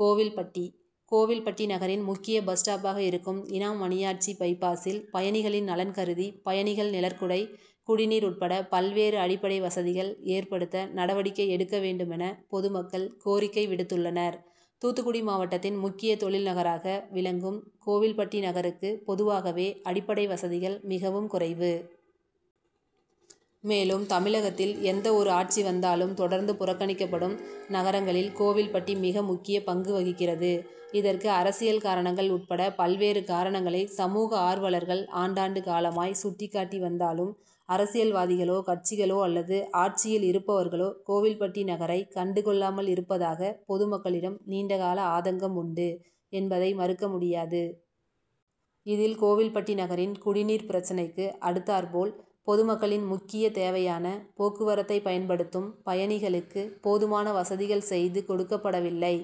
கோவில்பட்டி: கோவில்பட்டி நகரின் முக்கிய பஸ் ஸ்டாப்பாக இருக்கும் இனாம் மணியாச்சி பைபாசில் பயணிகளின் நலன்கருதி பயணிகள் நிழற்குடை, குடிநீர் உட்பட பல்வேறு அடிப்படை வசதிகள் ஏற்படுத்த நடவடிக்கை எடுக்க வேண்டுமென பொதுமக்கள் கோரிக்கை விடுத்துள்ளனர். தூத்துக்குடி மாவட்டத்தின் முக்கிய தொழில் நகராக விளங்கும் கோவில்பட்டி நகருக்கு பொதுவாகவே அடிப்படை வசதிகள் மிகவும் குறைவு. மேலும் தமிழகத்தில் எந்தவொரு ஆட்சி வந்தாலும் தொடர்ந்து புறக்கணிக்கப்படும் நகரங்களில் கோவில்பட்டி மிக முக்கிய பங்கு வகிக்கிறது. இதற்கு அரசியல் காரணங்கள் உட் பட பல்வேறு காரணங்களை சமூக ஆர்வலர்கள் ஆண்டாண்டு காலமாய் சுட்டிக்காட்டி வந்தாலும் அரசியல்வாதிகளோ, கட்சிகளோ அல்லது ஆட்சியில் இருப்பவர்களோ கோவில்பட்டி நகரை கண்டுகொள்ளாமல் இருப்பதாக பொதுமக்களிடம் நீண்டகால ஆதங்கம் உண்டு என்பதை மறுக்க முடியாது. இதில் கோவில்பட்டி நகரின் குடிநீர் பிரச்னைக்கு அடுத்தாற்போல், பொதுமக்களின் முக்கிய தேவையான போக்குவரத்தை பயன்படுத்தும் பயணிகளுக்கு போதுமான வசதிகள் செய்து கொடுக்கப்படவில்லை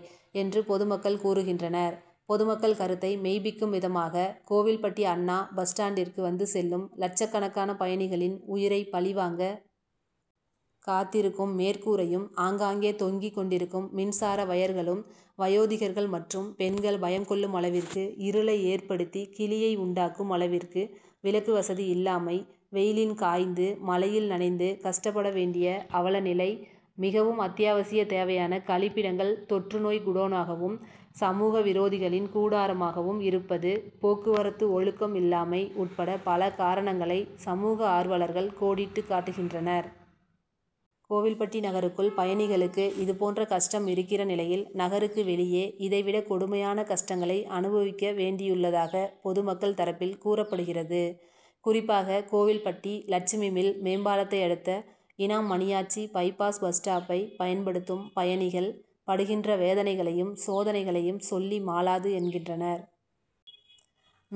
என்று பொதுமக்கள் கூறுகின்றனர். பொதுமக்கள் கருத்தை மெய்பிக்கும் விதமாக கோவில்பட்டி அண்ணா பஸ் ஸ்டாண்டிற்கு வந்து செல்லும் லட்சக்கணக்கான பயணிகளின் உயிரை பலிவாங்க காத்திருக்கும் மேற்கூரையும், ஆங்காங்கே தொங்கிக் கொண்டிருக்கும் மின்சார வயர்களும், வயோதிகர்கள் மற்றும் பெண்கள் பயம் கொள்ளும் அளவிற்கு இருளை ஏற்படுத்தி கிலியை உண்டாக்கும் அளவிற்கு விளக்குவசதி இல்லாமை, வெயிலில் காய்ந்து, மழையில் நனைந்து கஷ்டப்பட வேண்டிய அவலநிலை, மிகவும் அத்தியாவசிய தேவையான கழிப்பிடங்கள் தொற்றுநோய் குடோனாகவும், சமூக விரோதிகளின் கூடாரமாகவும் இருப்பது, போக்குவரத்து ஒழுக்கம் இல்லாமை உட்பட பல காரணங்களை சமூக ஆர்வலர்கள் கோடிட்டு காட்டுகின்றனர். கோவில்பட்டி நகருக்குள் பயணிகளுக்கு இதுபோன்ற கஷ்டம் இருக்கிற நிலையில், நகருக்கு வெளியே இதைவிட கொடுமையான கஷ்டங்களை அனுபவிக்க வேண்டியுள்ளதாக பொதுமக்கள் தரப்பில் கூறப்படுகிறது. குறிப்பாக கோவில்பட்டி லட்சுமி மில் மேம்பாலத்தை அடுத்த இனாம் மணியாச்சி பைபாஸ் பஸ் ஸ்டாப்பை பயன்படுத்தும் பயணிகள் படுகின்ற வேதனைகளையும் சோதனைகளையும் சொல்லி மாளாது என்கின்றனர்.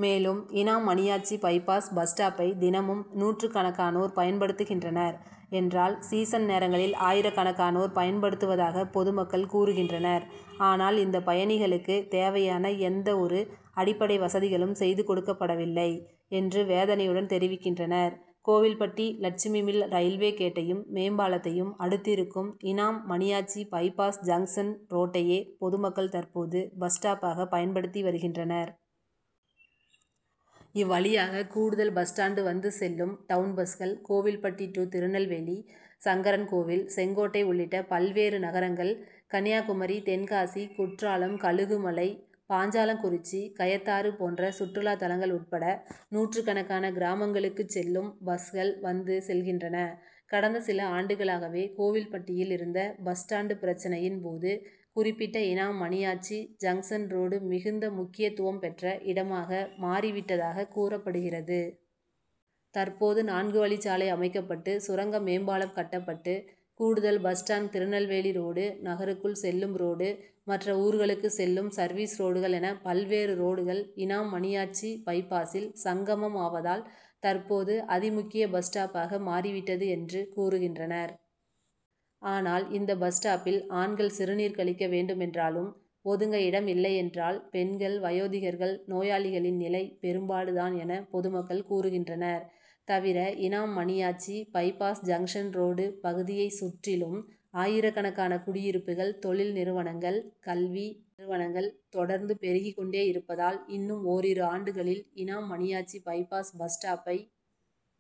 மேலும் இனாம் மணியாச்சி பைபாஸ் பஸ் ஸ்டாப்பை தினமும் நூற்றுக்கணக்கானோர் பயன்படுத்துகின்றனர் என்றால், சீசன் நேரங்களில் ஆயிரக்கணக்கானோர் பயன்படுத்துவதாக பொதுமக்கள் கூறுகின்றனர். ஆனால் இந்த பயணிகளுக்கு தேவையான எந்தவொரு அடிப்படை வசதிகளும் செய்து கொடுக்கப்பட வில்லை என்று வேதனையுடன் தெரிவிக்கின்றனர். கோவில்பட்டி லட்சுமி மில் ரயில்வே கேட்டையும், மேல்பாலத்தையும் அடுத்திருக்கும் இனாம் மணியாச்சி பைபாஸ் ஜங்ஷன் ரோட்டையே பொதுமக்கள் தற்போது பஸ் ஸ்டாப்பாக பயன்படுத்தி வருகின்றனர். இவ்வழியாக கூடுதல் பஸ் ஸ்டாண்ட் வந்து செல்லும் டவுண்பஸ்கள், கோவில்பட்டி டூ திருநெல்வேலி, சங்கரன்கோவில், செங்கோட்டை உள்ளிட்ட பல்வேறு நகரங்கள், கன்னியாகுமரி, தென்காசி, குற்றாலம், கழுகுமலை, பாஞ்சாலங்குறிச்சி, கயத்தாறு போன்ற சுற்றுலாத்தலங்கள் உட்பட நூற்றுக்கணக்கான கிராமங்களுக்கு செல்லும் பஸ்கள் வந்து செல்கின்றன. கடந்த சில ஆண்டுகளாகவே கோவில்பட்டியில் இருந்த பஸ் ஸ்டாண்ட் பிரச்னையின் போது குறிப்பிட்ட இனாம் மணியாச்சி ஜங்ஷன் ரோடு மிகுந்த முக்கியத்துவம் பெற்ற இடமாக மாறிவிட்டதாக கூறப்படுகிறது. தற்போது நான்கு வழிச்சாலை அமைக்கப்பட்டு, சுரங்க மேம்பாலம் கட்டப்பட்டு கூடுதல் பஸ் ஸ்டாண்ட், திருநெல்வேலி ரோடு, நகருக்குள் செல்லும் ரோடு, மற்ற ஊர்களுக்கு செல்லும் சர்வீஸ் ரோடுகள் என பல்வேறு ரோடுகள் இனாம் மணியாச்சி பைபாசில் சங்கமம் ஆவதால் தற்போது அதிமுக்கிய பஸ் ஸ்டாப்பாக மாறிவிட்டது என்று கூறுகின்றனர். ஆனால் இந்த பஸ் ஸ்டாப்பில் ஆண்கள் சிறுநீர் கழிக்க வேண்டுமென்றாலும் ஒதுங்க இடம் இல்லையென்றால், பெண்கள், வயோதிகர்கள், நோயாளிகளின் நிலை பெரும்பாடு தான் என பொதுமக்கள் கூறுகின்றனர். தவிர Inam Maniyachi bypass junction road பகுதியை சுற்றிலும் ஆயிரக்கணக்கான குடியிருப்புகள், தொழில் நிறுவனங்கள், கல்வி நிறுவனங்கள் தொடர்ந்து பெருகிக் கொண்டே இருப்பதால் இன்னும் ஓரிரு ஆண்டுகளில் இனாம் மணியாச்சி பைபாஸ் பஸ் ஸ்டாப்பை